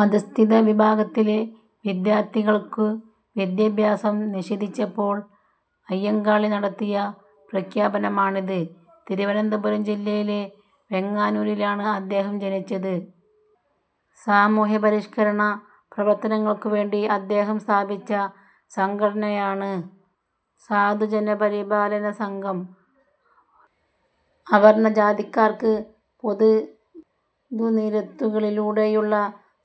" അധഃസ്ഥിത വിഭാഗത്തിലെ വിദ്യാർത്ഥികൾക്ക് വിദ്യാഭ്യാസം നിഷേധിച്ചപ്പോൾ അയ്യങ്കാളി നടത്തിയ പ്രഖ്യാപനമാണിത്. തിരുവനന്തപുരം ജില്ലയിലെ വെങ്ങാനൂരിലാണ് അദ്ദേഹം ജനിച്ചത്. സാമൂഹ്യപരിഷ്കരണ പ്രവർത്തനങ്ങൾക്കുവേണ്ടി അദ്ദേഹം സ്ഥാപിച്ച സംഘടനയാണ് "സാധുജനപരിപാലനസംഘം". അവർണ്ണ ജാതിക്കാർക്ക് പൊതു നിരത്തുകളിലൂടെയുള്ള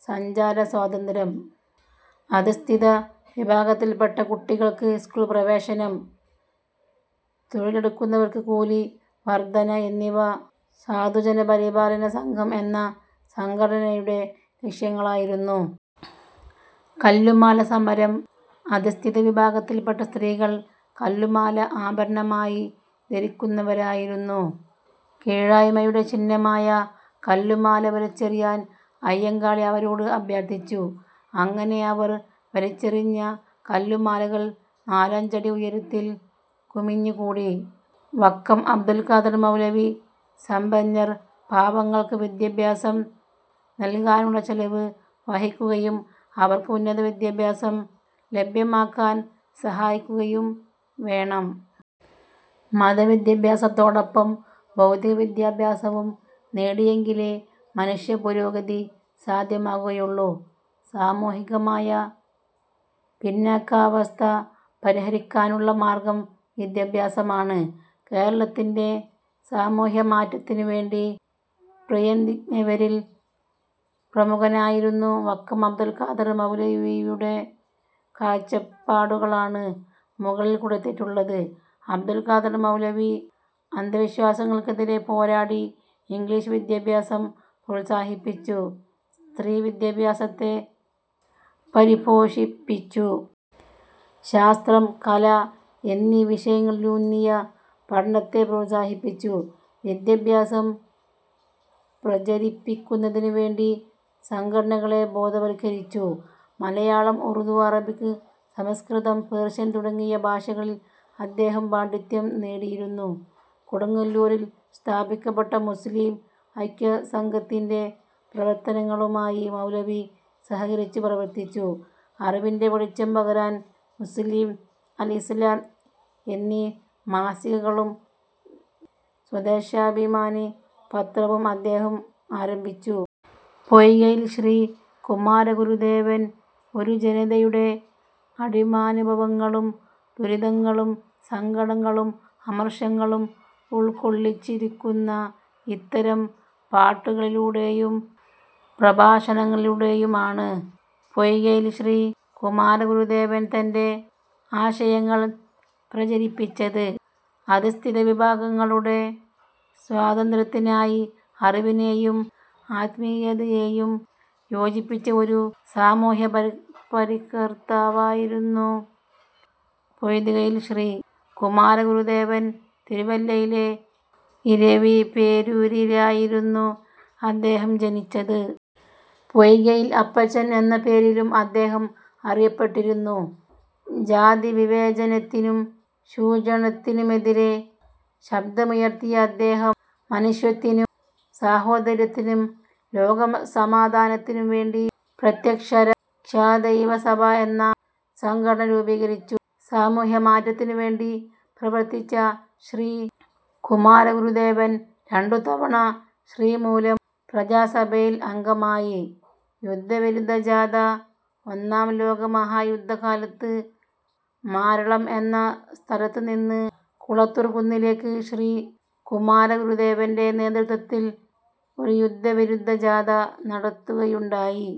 സഞ്ചാര സ്വാതന്ത്ര്യം, അധഃസ്ഥിത വിഭാഗത്തിൽപ്പെട്ട കുട്ടികൾക്ക് സ്കൂൾ പ്രവേശനം, തൊഴിലെടുക്കുന്നവർക്ക് കൂലി വർദ്ധന എന്നിവ സാധുജനപരിപാലനസംഘം എന്ന സംഘടനയുടെ ലക്ഷ്യങ്ങളായിരുന്നു. കല്ലുമാല സമരം അധഃസ്ഥിത വിഭാഗത്തിൽപ്പെട്ട സ്ത്രീകൾ കല്ലുമാല ആഭരണമായി ധരിക്കുന്നവരായിരുന്നു. കീഴായ്മയുടെ ചിഹ്നമായ കല്ലുമാല വലിച്ചെറിയാൻ അയ്യങ്കാളി അവരോട് അഭ്യർഥിച്ചു. അങ്ങനെ അവർ വലിച്ചെറിഞ്ഞ കല്ലുമാലകൾ നാലഞ്ചടി ഉയരത്തിൽ കുമിഞ്ഞുകൂടി. വക്കം അബ്ദുൽ ഖാദർ മൗലവി- സമ്പന്നർ പാവങ്ങൾക്ക് വിദ്യാഭ്യാസം നൽകാനുള്ള ചെലവ് വഹിക്കുകയും അവർക്ക് ഉന്നത വിദ്യാഭ്യാസം ലഭ്യമാക്കാൻ സഹായിക്കുകയും വേണം. മതവിദ്യാഭ്യാസത്തോടൊപ്പം ഭൗതിക വിദ്യാഭ്യാസവും നേടിയെങ്കിലേ മനുഷ്യ പുരോഗതി സാധ്യമാകുകയുള്ളൂ. സാമൂഹികമായ പിന്നാക്കാവസ്ഥ പരിഹരിക്കാനുള്ള മാർഗ്ഗം വിദ്യാഭ്യാസമാണ്. കേരളത്തിന്റെ സാമൂഹ്യമാറ്റത്തിനുവേണ്ടി പ്രയത്നിച്ചവരിൽ പ്രമുഖനായിരുന്ന വക്കം അബ്ദുൾ ഖാദർ മൗലവിയുടെ കാഴ്ചപ്പാടുകളാണ് മുകളിൽ കൊടുത്തിട്ടുള്ളത്. അബ്ദുൾ ഖാദർ മൗലവി അന്ധവിശ്വാസങ്ങൾക്കെതിരെ പോരാടി. ഇംഗ്ലീഷ് വിദ്യാഭ്യാസം പ്രോത്സാഹിപ്പിച്ചു. സ്ത്രീവിദ്യാഭ്യാസത്തെ പരിപോഷിപ്പിച്ചു. ശാസ്ത്രം, കല എന്നീ വിഷയങ്ങളിലൂന്നിയ പഠനത്തെ പ്രോത്സാഹിപ്പിച്ചു. വിദ്യാഭ്യാസം പ്രചരിപ്പിക്കുന്നതിനുവേണ്ടി സംഘടനകളെ ബോധവൽക്കരിച്ചു. മലയാളം, ഉറുദു, അറബിക്, സംസ്കൃതം, പേർഷ്യൻ തുടങ്ങിയ ഭാഷകളിൽ അദ്ദേഹം പാണ്ഡിത്യം നേടിയിരുന്നു. കൊടുങ്ങല്ലൂരിൽ സ്ഥാപിക്കപ്പെട്ട മുസ്ലീം ഐക്യ സംഘത്തിന്റെ പ്രവർത്തനങ്ങളുമായി മൗലവി സഹകരിച്ചു പ്രവർത്തിച്ചു. അറിവിന്റെ വെളിച്ചം പകരാൻ ""മുസ്ലീം', ""അൽ ഇസ്ലാം' എന്നീ മാസികകളും ""സ്വദേശാഭിമാനി' പത്രവും അദ്ദേഹം ആരംഭിച്ചു. പൊയ്കയിൽ ശ്രീ കുമാരഗുരുദേവൻ ഒരു ജനതയുടെ അടിമാനുഭവങ്ങളും ദുരിതങ്ങളും സങ്കടങ്ങളും അമർഷങ്ങളും ഉൾക്കൊള്ളിച്ചിരിക്കുന്ന ഇത്തരം പാട്ടുകളിലൂടെയും പ്രഭാഷണങ്ങളിലൂടെയുമാണ് പൊയ്കയിൽ ശ്രീ കുമാരഗുരുദേവൻ തന്റെ ആശയങ്ങൾ പ്രചരിപ്പിച്ചത്. അധഃസ്ഥിത വിഭാഗങ്ങളുടെ സ്വാതന്ത്ര്യത്തിനായി അറിവിനെയും ആത്മീയതയെയും യോജിപ്പിച്ച ഒരു സാമൂഹ്യപരിഷ്കർത്താവായിരുന്നു പൊയ്കയിൽ ശ്രീ കുമാരഗുരുദേവൻ. തിരുവല്ലയിലെ ഇരവിപേരൂരിലായിരുന്നു അദ്ദേഹം ജനിച്ചത്. പൊയ്കയിൽ അപ്പച്ചൻ എന്ന പേരിലും അദ്ദേഹം അറിയപ്പെട്ടിരുന്നു. ജാതിവിവേചനത്തിനും ചൂഷണത്തിനുമെതിരെ ശബ്ദമുയർത്തിയ അദ്ദേഹം മനുഷ്യത്തിനും സാഹോദര്യത്തിനും ലോക സമാധാനത്തിനും വേണ്ടി പ്രത്യക്ഷരക്ഷാദൈവ സഭ എന്ന സംഘടന രൂപീകരിച്ചു. സാമൂഹ്യ മാറ്റത്തിനുവേണ്ടി പ്രവർത്തിച്ച ശ്രീ കുമാരഗുരുദേവൻ രണ്ടു തവണ ശ്രീമൂലം പ്രജാസഭയിൽ അംഗമായി. യുദ്ധവിരുദ്ധ ജാഥ ഒന്നാം ലോകയുദ്ധ കാലത്ത് മാരളം എന്ന സ്ഥലത്തുനിന്ന് കുളത്തൂർകുന്നിലേക്ക് ശ്രീ കുമാരഗുരുദേവന്റെ നേതൃത്വത്തിൽ ഒരു യുദ്ധവിരുദ്ധ ജാഥ നടത്തുകയുണ്ടായി.